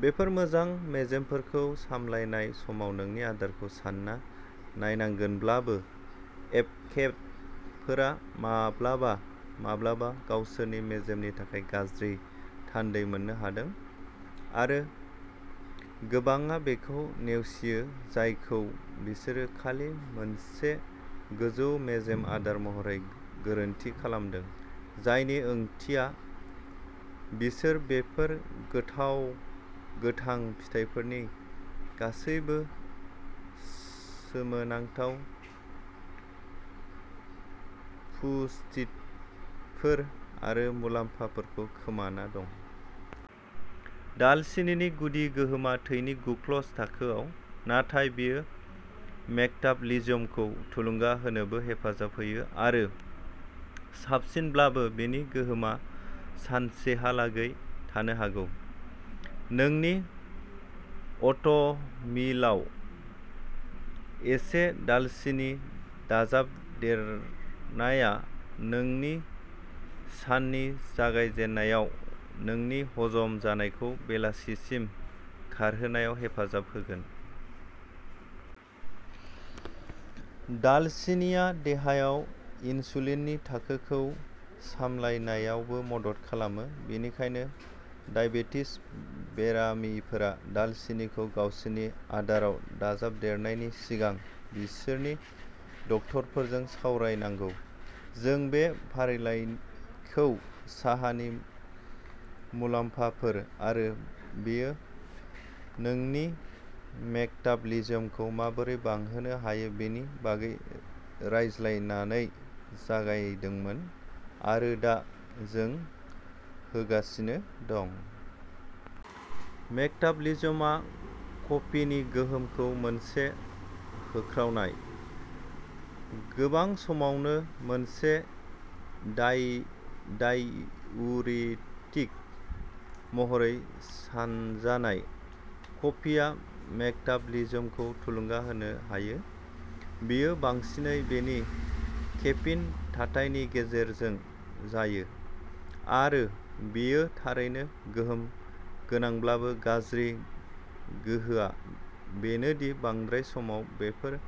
बेफोर मोजां मेजेमफोरखौ सामलायनाय समाव नोंनि आदारखौ सानना नायनांगोनब्लाबो, एभ'केड'फोरा माब्लाबा माब्लाबा गावसोरनि मेजेमनि थाखाय गाज्रि थान्दै मोननो हादों आरो गोबांआ बेखौ नेवसियो जायखौ बिसोरो खालि मोनसे गोजौ मेजेम आदार महरै गोरोन्थि खालामदों, जायनि ओंथिया बिसोर बेफोर गोथाव गोथां फिथाइफोरनि गासैबो सोमोनांथाव पुष्टिफोर आरो मुलाम्फाफोरखौ खोमाना दं। दालसिनिनि गुदि गोहोमा थैनि ग्लुकज थाखोआव, नाथाय बेयो मेटाबलिज्मखौ थुलुंगा होनोबो हेफाजाब होयो आरो साबसिनब्लाबो, बेनि गोहोमा सानसेहालागै थानो हागौ। नोंनि अ'टमिलाव एसे दालसिनि दाजाबदेरनाया, नोंनि साननि जागायजेन्नायाव, नोंनि हजम जानायखौ बेलासिसिम खारहोनायाव हेफाजाब होगोन। दालसिनिआ देहायाव इनसुलिननि थाखोखौ सामलायनायावबो मदद खालामो, बेनिखायनो डायबेटिस बेरामिफोरा दालसिनिखौ गावसोरनि आदाराव दाजाबदेरनायनि सिगां बिसोरनि डाक्टारफोरजों सावरायनांगौ। जों बे फारिलाइखौ साहानि मुलाम्फाफोर आरो बेयो नोंनि मेटाबलिज्मखौ माबोरै बांहोनो हायो बेनि बागै रायज्लायनानै जागायदोंमोन, आरो दा जों होगासिनो दं। मेटाबलिज्मआव कफिनि गोहोमखौ मोनसे होख्रावनाय। गोबां समावनो मोनसे डाइउरेटिक महरै सानजानाय, कफिआ मेटाबलिज्मखौ थुलुंगा होनो हायो। बेयो बांसिनै बेनि केफिन थाथायनि गेजेरजों जायो, आरो बेयो थारैनो गोहोम गोनांब्लाबो गाज्रि बाहागोआ बेनो दि बांद्राय समाव बेफोर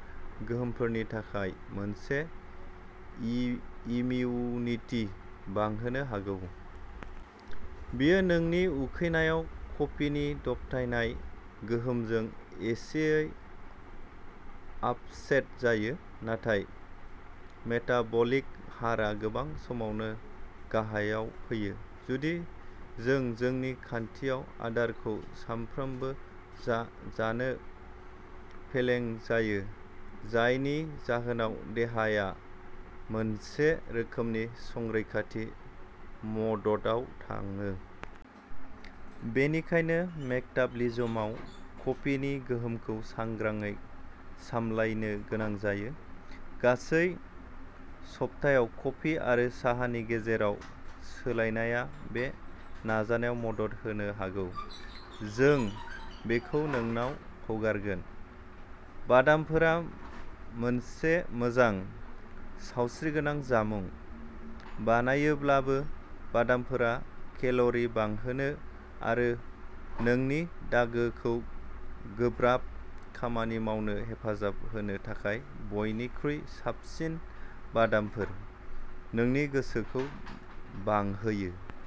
गोहोमफोरनि थाखाय मोनसे इमिउनिटि बांहोनो हागौ। बेयो नोंनि उखैनायाव कफिनि दबथायनाय गोहोमजों एसेयै आफसेट जायो, नाथाय मेटाबलिक हारआ गोबां समावनो गाहायाव फैयो जुदि जों जोंनि खान्थियाव आदारखौ सानफ्रोमबो जानो फेलें जायो जायनि जाहोनाव देहाया मोनसे रोखोमनि संरैखाथि म'डआव थाङो। बेनिखायनो मेटाबलिज्मआव कफिनि गोहोमखौ सांग्रांयै सामलायनो गोनां जायो। गासै सप्ताआव कफि आरो साहानि गेजेराव सोलायनाया बे नाजानायाव मदद होनो हागौ जों बेखौ नोंनाव हगारगोन। बादामफोरा मोनसे मोजां, सावस्रिगोनां जामुं बानायोब्लाबो, बादामफोरा केल'रि बांहोनो आरो नोंनि दोगोनखौ गोब्राब खामानि मावनो हेफाजाब होनो थाखाय बयनिख्रुइ साबसिन बादामफोर, नोंनि गोसोखौ बांहोयो।